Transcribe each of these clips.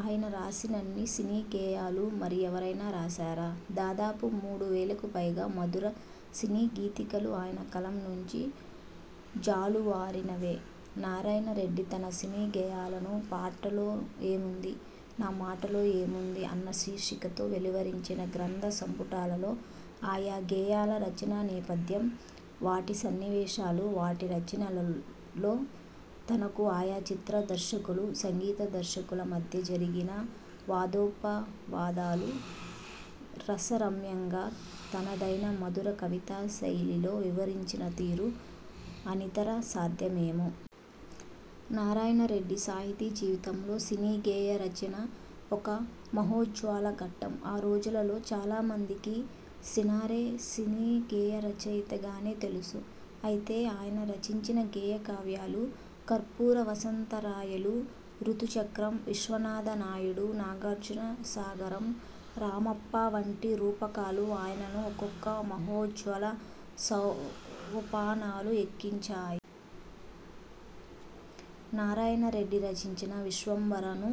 ఆయన రాసినన్ని సినీ గేయాలు మరి ఎవరైనా రాశారా? దాదాపు మూడు వేలకు పైగా మధుర సినీగీతికలు ఆయన కలం నుంచి జాలువారినవే! నారాయణరెడ్డి తన సినీ గేయాలను 'పాటలో ఏముంది? నా మాటలో ఏముంది? ' అన్న శీర్షికతో వెలువరించిన గ్రంథ సంపుటాలలో ఆయా గేయాల రచనా నేపథ్యం, వాటి సన్నివేశాలు, వాటి రచనలో తనకు, ఆయా చిత్ర దర్శకులు, సంగీత దర్శకుల మధ్య జరిగిన వాదోపవాదాలు రసరమ్యంగా, తనదైన మధుర కవితా శైలిలో వివరించిన తీరు అనితర సాధ్యమేమో! నారాయణ రెడ్డి సాహితీ జీవితంలో సినీ గేయ రచన ఒక మహోజ్వల ఘట్టం. ఆ రోజులలో చాలా మందికి సినారె సినీ గేయ రచయితగానే తెలుసు. అయితే, ఆయన రచించిన గేయ కావ్యాలు 'కర్పూర వసంతరాయలు', 'రుతు చక్రం', 'విశ్వనాథ నాయుడు', 'నాగార్జున సాగరం', 'రామప్ప' వంటి రూపకాలు ఆయనను ఒక్కొక్క మహోజ్వల సోపానాలు ఎక్కించాయి. నారాయణ రెడ్డి రచించిన 'విశ్వంభర'ను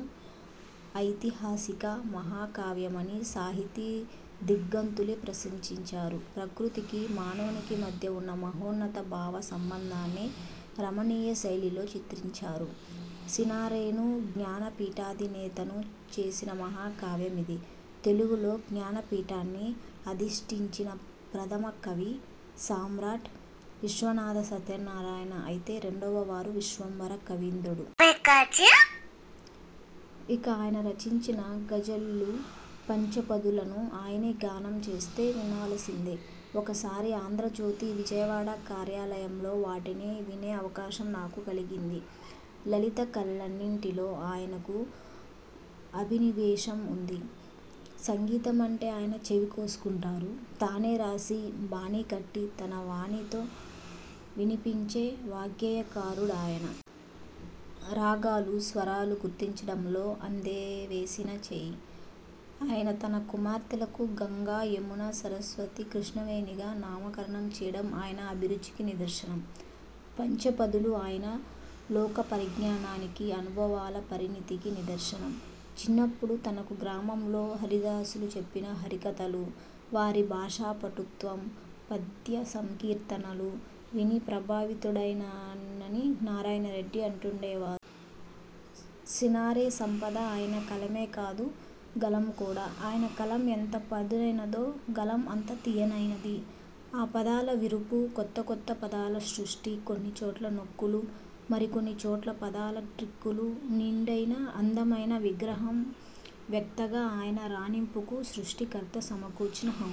ఐతిహాసిక మహా కావ్యమని సాహితీ దిగ్ధంతులే ప్రశంసించారు. ప్రకృతికి, మానవునికి మధ్య వున్న మహోన్నత భావ సంబంధాన్ని రమణీయ శైలిలో చిత్రించారు. సినారెను జ్ఞానపీఠాధినేతను చేసిన మహాకావ్యమిదే. తెలుగులో జ్ఞానపీఠాన్ని అధిష్ఠించిన ప్రథమ 'కవి' సమ్రాట్ విశ్వనాథ సత్యనారాయణ అయితే, రెండవ వారు 'విశ్వంభర' కవీంద్రుడు. ఇక, ఆయన రచించిన గజళ్లు, పంచపదులను ఆయనే గానం చేస్తే, వినవలసిందే. ఒకసారి 'ఆంధ్రజ్యోతి' విజయవాడ కార్యాలయంలో వాటిని వినే అవకాశం నాకు కలిగింది! లలిత కళలన్నింటిలో ఆయనకు అభినివేశం వుంది. సంగీతమంటే ఆయన చెవి కోసుకుంటారు. తానే రాసి, బాణీకట్టి, తన వాణితో వినిపించే వాగ్గేయకారుడాయన. రాగాలు, స్వరాలు గుర్తించడంలో అందెవేసిన చెయ్యి. ఆయన తన కుమార్తెలకు గంగ, యమున, సరస్వతి, కృష్ణవేణిగా నామకరణం చేయడం ఆయన అభిరుచికి నిదర్శనం. 'పంచ పదులు' ఆయన లోకపరిజ్ఞానానికి, అనుభవాల పరిణతికి నిదర్శనం. చిన్నప్పుడు తనకు గ్రామంలో హరిదాసులు చెప్పిన హరికథలు, వారి భాషా పటుత్వం, పద్యసంకీర్తనలు విని ప్రభావితుడనైనానని నారాయణ రెడ్డి అంటుండేవారు. సినారె సంపద ఆయన కలమే కాదు, గళం కూడా. ఆయన కలం ఎంత పదునైనదో గళం అంత తీయనైనది. ఆ పదాల విరుపు, కొత్త కొత్త పదాల సృష్టి, కొన్ని చోట్ల నొక్కులు, మరికొన్ని చోట్ల పదాల ట్రిక్కులు, నిండైన, అందమైన విగ్రహం వక్తగా ఆయన రాణింపుకు సృష్టికర్త సమకూర్చిన హంగులు!